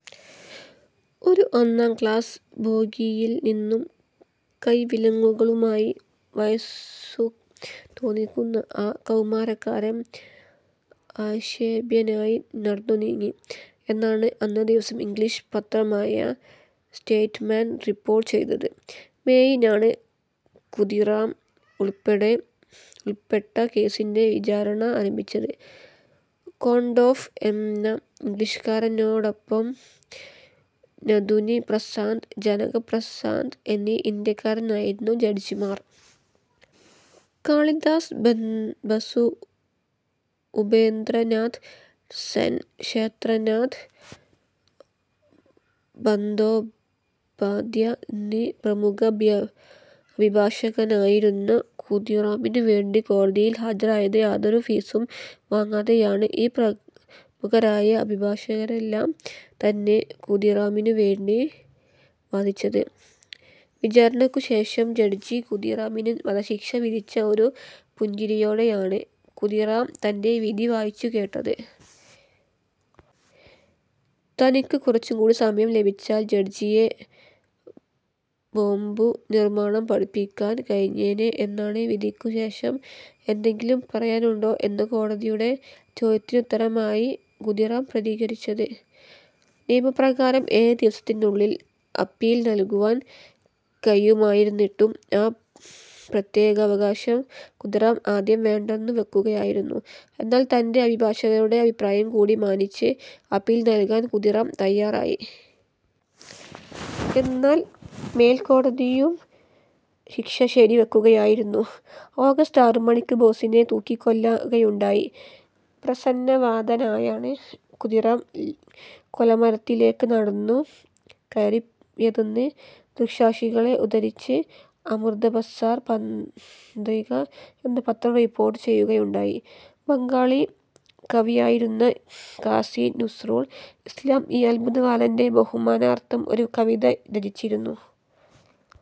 ഒരു ഒന്നാം ക്ലാസ്സ് ബോഗിയിൽ നിന്നും കൈവിലങ്ങുകളുമായി വയസ്സു തോന്നിക്കുന്ന ആ കൗമാരക്കാരൻ അക്ഷോഭ്യനായി നടന്നു നീങ്ങി, എന്നാണ് അന്നേ ദിവസം ഇംഗ്ലീഷ് പത്രമായ സ്റ്റേറ്റ്സ്മാൻ റിപ്പോർട്ട് ചെയ്തത്. മെയ് നാണ് ഖുദീറാം ഉൾപ്പെട്ട കേസിന്റെ വിചാരണ ആരംഭിച്ചത്. കോൺടോഫ് എന്ന ഇംഗ്ലീഷുകാരനോടൊപ്പം, നഥുനിപ്രസാദ്, ജനകപ്രസാദ് എന്നീ ഇന്ത്യക്കാരായിരുന്നു ജഡ്ജിമാർ. കാളിദാസ് ബസു, ഉപേന്ദ്രനാഥ് സെൻ, ക്ഷേത്രനാഥ് ബന്ധോപാധ്യാ എന്നീ പ്രമുഖ അഭിഭാഷകരായിരുന്നു ഖുദീറാമിനു വേണ്ടി കോടതിയിൽ ഹാജരായത്. യാതൊരു ഫീസും വാങ്ങാതെയാണ് ഈ പ്രമുഖരായ അഭിഭാഷകരെല്ലാം തന്നെ ഖുദീറാമിനു വേണ്ടി വാദിച്ചത്. വിചാരണക്കുശേഷം, ജഡ്ജി ഖുദീറാമിന് വധശിക്ഷ വിധിച്ചു. ഒരു പുഞ്ചിരിയോടെയാണ് ഖുദീറാം തന്റെ വിധി വായിച്ചു കേട്ടത്. തനിക്കു കുറച്ചു കൂടി സമയം ലഭിച്ചാൽ ജഡ്ജിയെ ബോംബു നിർമ്മാണം പഠിപ്പിക്കാൻ കഴിഞ്ഞേനെ എന്നാണ് വിധിക്കു ശേഷം എന്തെങ്കിലും പറയാനുണ്ടോ എന്ന കോടതിയുടെ ചോദ്യത്തിനുത്തരമായി ഖുദീറാം പ്രതികരിച്ചത്. നിയമപ്രകാരം ഏഴു ദിവസത്തിനുള്ളിൽ അപ്പീൽ നൽകുവാൻ കഴിയുമായിരുന്നിട്ടും, ആ പ്രത്യേകാവകാശം ഖുദീറാം ആദ്യം വേണ്ടെന്നു വെക്കുകയായിരുന്നു. എന്നാൽ തന്റെ അഭിഭാഷകരുടെ അഭിപ്രായം കൂടി മാനിച്ച്, അപ്പീൽ നൽകാൻ ഖുദീറാം തയ്യാറായി. എന്നാൽ മേൽക്കോടതിയും ശിക്ഷ ശരി വെക്കുകയായിരുന്നു. ഓഗസ്റ്റ്, ആറുമണിക്ക് ബോസിനെ തൂക്കിക്കൊല്ലുകയുണ്ടായി. പ്രസന്നവദനായാണ് ഖുദീറാം കൊലമരത്തിലേക്ക് നടന്നു കയറിയതെന്ന് ദൃക്സാക്ഷികളെ ഉദ്ധരിച്ച് അമൃതബസാർ പത്രിക എന്ന പത്രം റിപ്പോർട്ടു ചെയ്യുകയുണ്ടായി. ബംഗാളി കവിയായിരുന്നു കാസി നസ്രുൾ ഇസ്ലാം, ഈ അത്ഭുത ബാലന്റെ ബഹുമാനാർത്ഥം ഒരു കവിത രചിച്ചിരുന്നു.